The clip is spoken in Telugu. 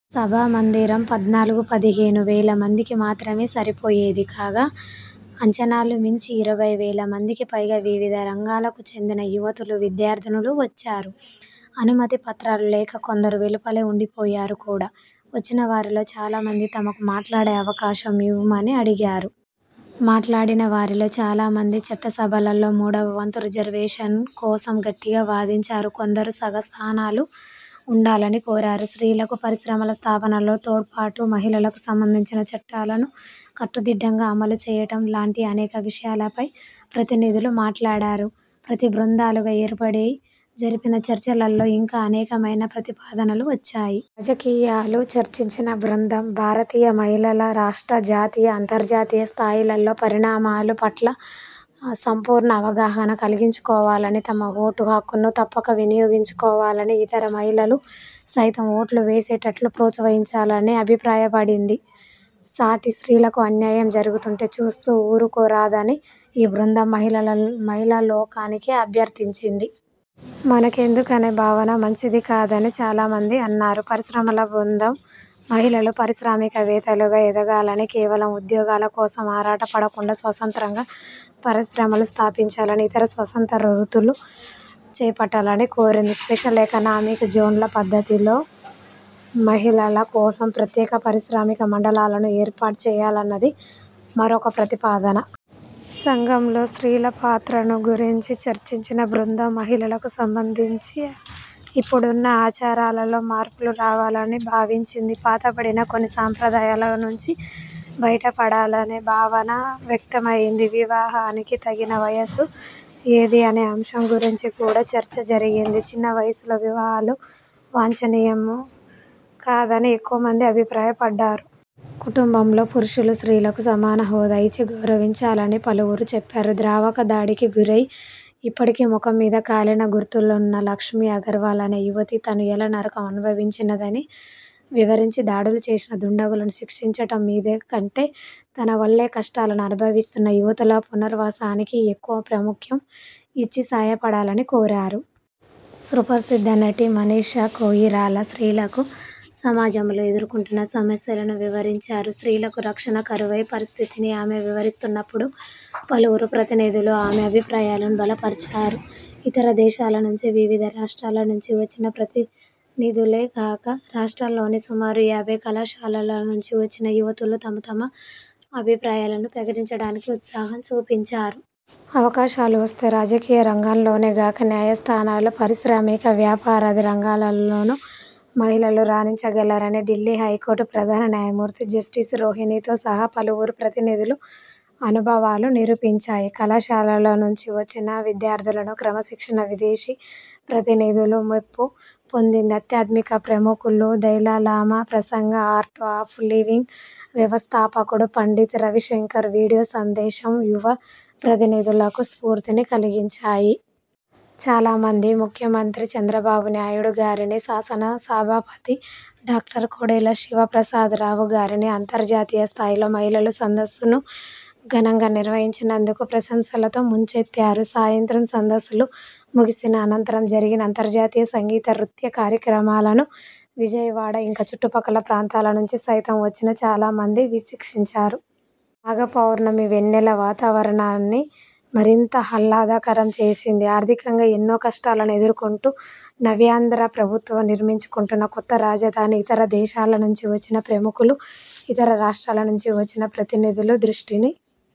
సభామందిరం పద్నాలుగు, పదిహేను వేల మందికి మాత్రమే సరిపోయేది కాగా అంచనాలను మించి ఇరవై వేల మందికి పైగా వివిధ రంగాలకు చెందిన యువతులు, విద్యార్థినులు వచ్చారు. అనుమతి పత్రాలు లేక కొందరు వెలుపలే ఉండిపోయారు కూడా. వచ్చిన వారిలో చాలా మంది తమకు మాట్లాడే అవకాశం ఇవ్వమని అడిగారు. మాట్లాడిన వారిలో చాలా మంది చట్టసభలలో మూడవ వంతు రిజర్వేషను కోసం గట్టిగా వాదించారు. కొందరు సగం స్థానాలు ఉండాలని కోరారు. స్త్రీలకు పరిశ్రమల స్థాపనలో తోడ్పాటు, మహిళలకు సంబంధించిన చట్టాలను కట్టుదిట్టంగా అమలు చేయటం లాంటి అనేక విషయాలపై ప్రతినిధులు మాట్లాడారు. పది బృందాలుగా ఏర్పడి జరిపిన చర్చలలో ఇంకా అనేకమైన ప్రతిపాదనలు వచ్చాయి. రాజకీయాలు చర్చించిన బృందం భారతీయ మహిళలు రాష్ట్ర, జాతీయ, అంతర్జాతీయ స్థాయిలలో పరిణామాల పట్ల సంపూర్ణ అవగాహన కలిగించుకోవాలనీ, తమ ఓటు హక్కును తప్పక వినియోగించుకోవాలనీ, ఇతర మహిళలు సైతం ఓట్లు వేసేటట్లు ప్రోత్సహించాలనీ అభిప్రాయపడింది. సాటి స్త్రీలకు అన్యాయం జరుగుతుంటే చూస్తూ వూరుకొనరాదని ఈ బృందం మహిళాలోకాన్ని అభ్యర్థించింది. మనకెందుకనే భావన మంచిది కాదని చాలామంది అన్నారు. పరిశ్రమల బృందం మహిళలు పారిశ్రామికవేత్తలుగా ఎదగాలనీ, కేవలం ఉద్యోగాల కోసం ఆరాటపడకుండా స్వతంత్రంగా పరిశ్రమలు స్థాపించాలనీ, ఇతర స్వతంత్ర వృత్తులు చేపట్టాలనీ కోరింది. స్పెషల్ ఎకనామిక్ జోన్ల పద్ధతిలో మహిళల కోసం ప్రత్యేక పారిశ్రామిక మండలాలను ఏర్పాటు చేయాలన్నది మరొక ప్రతిపాదన. సంఘంలో స్త్రీల పాత్రను గురించి చర్చించిన బృందం మహిళలకు సంబంధించి ఇప్పుడున్న ఆచారాలలో మార్పులు రావాలని భావించింది. పాతపడిన కొన్ని సంప్రదాయాల నుంచి బయటపడాలనే భావన వ్యక్తమైంది. వివాహానికి తగిన వయస్సు ఏది అనే అంశం గురించి కూడా చర్చ జరిగింది. చిన్న వయస్సులో వివాహాలు వాంఛనీయం కాదని ఎక్కువమంది అభిప్రాయపడ్డారు. కుటుంబంలో పురుషులు స్త్రీలకు సమాన హోదా ఇచ్చి గౌరవించాలని పలువురు చెప్పారు. ద్రావకం దాడికి గురై, ఇప్పటికీ ముఖం మీద కాలిన గుర్తులున్న లక్ష్మీ అగర్వాల్ అనే యువతి తను ఎలా నరకం అనుభవించినదీ వివరించి, దాడులు చేసిన దుండగులను శిక్షించటం మీద కంటే తన వలె కష్టాలను అనుభవిస్తున్న యువతుల పునరావాసానికి ఎక్కువ ప్రాముఖ్యం ఇచ్చి సాయపడాలని కోరారు. సుప్రసిద్ధ నటి మనీషా కోయిరాలా స్త్రీలకు సమాజంలో ఎదుర్కొంటున్న సమస్యలను వివరించారు. స్త్రీలకు రక్షణ కరువైన పరిస్థితిని ఆమె వివరిస్తున్నప్పుడు పలువురు ప్రతినిధులు ఆమె అభిప్రాయాలను బలపరిచారు. ఇతర దేశాల నుంచి, వివిధ రాష్ట్రాల నుంచి వచ్చిన ప్రతినిధులే గాక, రాష్ట్రంలోని సుమారు యాభై కళాశాలల నుంచి వచ్చిన యువతులు తమ తమ అభిప్రాయాలను ప్రకటించటానికి ఉత్సాహం చూపించారు. అవకాశాలు వస్తే రాజకీయ రంగంలోనే గాక, న్యాయస్థానాలు, పారిశ్రామిక, వ్యాపారాది రంగాలలోను మహిళలు రాణించగలరని ఢిల్లీ హైకోర్టు ప్రధాన న్యాయమూర్తి జస్టిస్ రోహిణితో సహా పలువురు ప్రతినిధుల అనుభవాలు నిరూపించాయి. కళాశాలల నుంచి వచ్చిన విద్యార్థినుల క్రమశిక్షణ విదేశీ ప్రతినిధుల మెప్పు పొందింది. ఆధ్యాత్మిక ప్రముఖులు దలైలామా ప్రసంగం, 'ఆర్ట్ ఆఫ్ లివింగ్' వ్యవస్థాపకుడు పండిత రవిశంకర్ వీడియో సందేశం యువ ప్రతినిధులకు స్ఫూర్తిని కలిగించాయి. చాలా మంది ముఖ్యమంత్రి చంద్రబాబు నాయుడు గారినీ, శాసనసభాపతి డాక్టర్ కోడెల శివప్రసాదరావు గారినీ అంతర్జాతీయ స్థాయిలో మహిళల సదస్సును ఘనంగా నిర్వహించినందుకు ప్రశంసలతో ముంచెత్తారు. సాయంత్రం సదస్సులు ముగిసిన అనంతరం జరిగిన అంతర్జాతీయ సంగీత నృత్య కార్యక్రమాలను విజయవాడ, ఇంకా చుట్టుపక్కల ప్రాంతాల నుంచి సైతం వచ్చిన చాలా మంది వీక్షించారు. మాఘ పౌర్ణమి వెన్నెల వాతావరణాన్ని మరింత ఆహ్లాదకరం చేసింది. ఆర్థికంగా ఎన్నో కష్టాలను ఎదుర్కొంటూ నవ్యాంధ్ర ప్రభుత్వం నిర్మించుకొంటున్న కొత్త రాజధాని ఇతర దేశాల నుంచి వచ్చిన ప్రముఖుల, ఇతర రాష్ట్రాల నుంచి వచ్చిన ప్రతినిధుల దృష్టిని